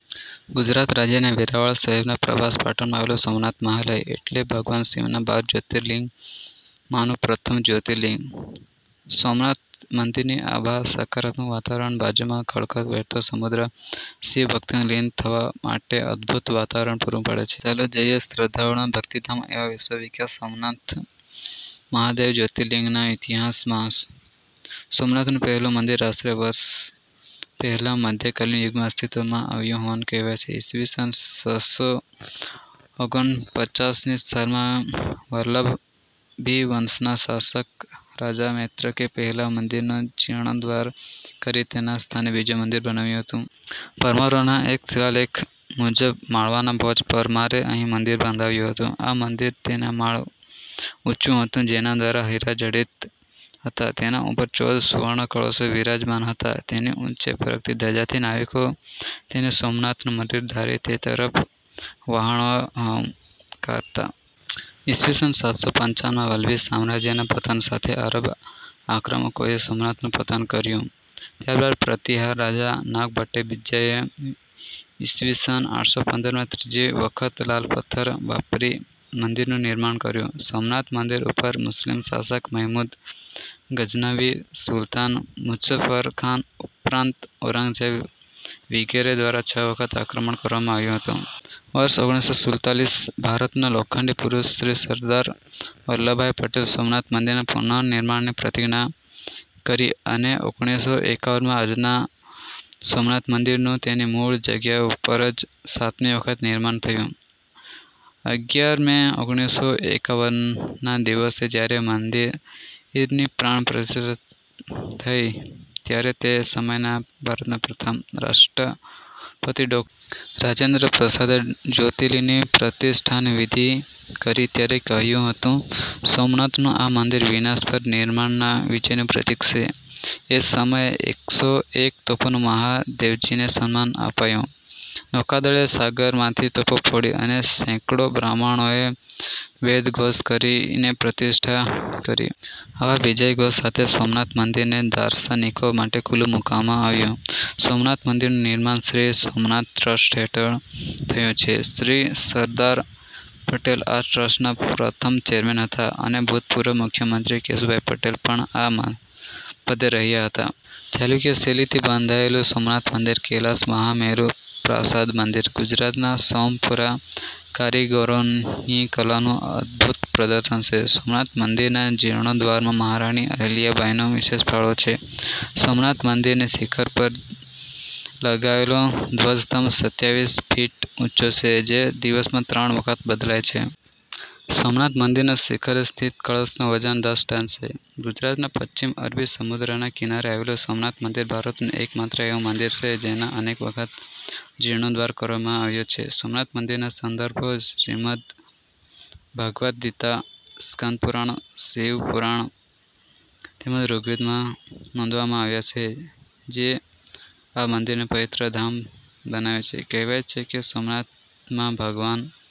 ગુજરાત રાજ્યના વેરાવળ શહેરમાં પ્રભાસ પાટણમાં આવેલું સોમનાથ મહાલય, એટલે ભગવાન શિવના બાર જ્યોતિર્લિંગમાંનું પ્રથમ જ્યોતિર્લિંગ. સોમનાથ મંદિરની આભા, સકારાત્મક વાતાવરણ, બાજુમાં ખળભળ વહેતો સમુદ્ર શિવભક્તિમાં લીન થવા માટે અદ્ભુત વાતાવરણ પૂરું પાડે છે. તો ચાલો જઈએ શ્રદ્ધાળુઓના ભક્તિ ધામ એવા વિશ્વવિખ્યાત સોમનાથ મહાદેવ જ્યોર્તિલિંગના ઈતિહાસમાં.. સોમનાથનું પહેલું મંદિર આશરે વર્ષ પહેલાં મધ્ય કાલીન યુગમાં અસ્તિત્વમાં આવ્યું હોવાનું કહેવાય છે. ઈસ વીસન છસો ઓગનપચાસ ની સાલમાં વલ્લભીવંશના શાસક રાજા મૈત્રકે પહેલા મંદિરનો જીર્ણોદ્ધાર કરી તેના સ્થાને બીજુ મંદિર બનાવ્યું હતું. પરમારોના એક શિલાલેખ મુજબ માળવાના ભોજ પરમારે અહીં મંદિર બંધાવ્યું હતું. આ મંદિર તેર માળ ઊંચું હતું જેના દ્વાર હીરાજડિત હતા. તેની ઉપર ચૌદ સુવર્ણ કળશો વિરાજમાન હતા. તેની ઊંચે ફરકતી ધજાથી નાવિકો તેને સોમનાથનું મંદિર ધારી તે તરફ વહાણો હંકારતા. ઈસ વીસન સાતસો પંચાવન માં વલ્લભી સામ્રાજ્યના પતન સાથે આરબ આક્રમકોએ સોમનાથનું પતન કર્યું. ત્યારબાદ પ્રતિહાર રાજા નાગ ભટ્ટ બીજાએ ઈસ વીસન આઠસોપંદર માં ત્રીજી વખત લાલ પથ્થર વાપરી મંદિરનું નિર્માણ કર્યું. સોમનાથ મંદિર ઉપર મુસ્લીમ શાશક મહેમુદ ગઝનવી, સુલતાન મુઝ્ઝફરખાન ઉપરાંત ઔરંગઝેબ વિગેરે દ્વારા છ વખત આક્રમણ કરવામાં આવ્યું હતું. વર્ષ ઓગણીસો સુલ્તાલીસ ભારતના લોખંડી પુરુષ શ્રી સરદાર વલ્લભભાઈ પટેલે સોમનાથ મંદિરના પુનઃનિર્માણની પ્રતિજ્ઞા કરી અને ઓગણીસો એકાવનમાં આજના સોમનાથ મંદિરનું તેની મૂળ જગ્યા ઉપર જ સાતમી વખત નિર્માણ થયું. અગિયાર મે ઓગણીસો એકાવન ના દિવસે જયારે મંદિરની પ્રાણ પ્રતિષ્ઠા થઈ ત્યારે તે સમયના ભારતના પ્રથમ રાષ્ટ્રપતિ ડૉ. રાજેન્દ્ર પ્રસાદે જ્યોર્તિલિંગની પ્રતિષ્ઠાન વિધિ કરી ત્યારે કહ્યું હતું- "સોમનાથનું આ મંદિર વિનાશ પર નિર્માણના વિજયનું પ્રતિક છે. એ સમયે એક સો એક તોપોનું મહાદેવજીને સન્માન અપાયું. નૌકાદળે સાગરમાંથી તોપો ફોડી અને સેંકડો બ્રાહ્મણોએ વેદઘોષ કરીને પ્રતિષ્ઠા કરી. આવા વિજયઘોષ સાથે સોમનાથ મંદિરને દાર્શનિકો માટે ખુલ્લું મુકવામાં આવ્યું. સોમનાથ મંદિરનું નિર્માણ શ્રી સોમનાથ ટ્રસ્ટ હેઠળ થયું છે. શ્રી સરદાર પટેલ આ ટ્રસ્ટનાં પ્રથમ ચેરમેન હતાં અને ભુતપૂર્વ મુખ્યમંત્રી કેશુભાઈ પટેલ પણ આ પદે રહ્યા હતા. ચાલુક્ય શૈલીથી બંધાયેલું સોમનાથ મંદિર "કૈલાશ મહામેરુ પ્રાસાદ મંદિર: ગુજરાતના સોમપુરા કારીગરોની કલાનું અદ્ભુત પ્રદર્શન છે. સોમનાથ મંદિરના જીર્ણોદ્વારમાં મહારાણી અહલ્યાબાઈનો વિશેષ ફાળો છે. સોમનાથ મંદિરની શિખર પર લગાવેલો ધ્વજસ્તંભ સત્યાવીસ ફીટ ઉંચો છે, જે દિવસમાં ત્રણ વખત બદલાય છે. સોમનાથ મંદિરના શિખરે સ્થિત કળશનું વજન દસ ટન છે! ગુજરાતના પશ્ચિમ અરબી સમુદ્રના કિનારે આવેલું સોમનાથ મંદિર ભારતનું એકમાત્ર એવું મંદિર છે, જેનો અનેક વખત જીર્ણોદ્વાર કરવામાં આવ્યો છે. સોમનાથ મંદિરના સંદર્ભો શ્રીમદ ભગવદ્ગીતા, સ્કંધપુરાણ, શિવ પુરાણ તેમજ ઋગ્વેદમાં નોંધવામાં આવ્યા છે, જે આ મંદિરને પવિત્ર યાત્રાધામ બનાવે છે. કહેવાય છે કે સોમનાથમાં ભગવાન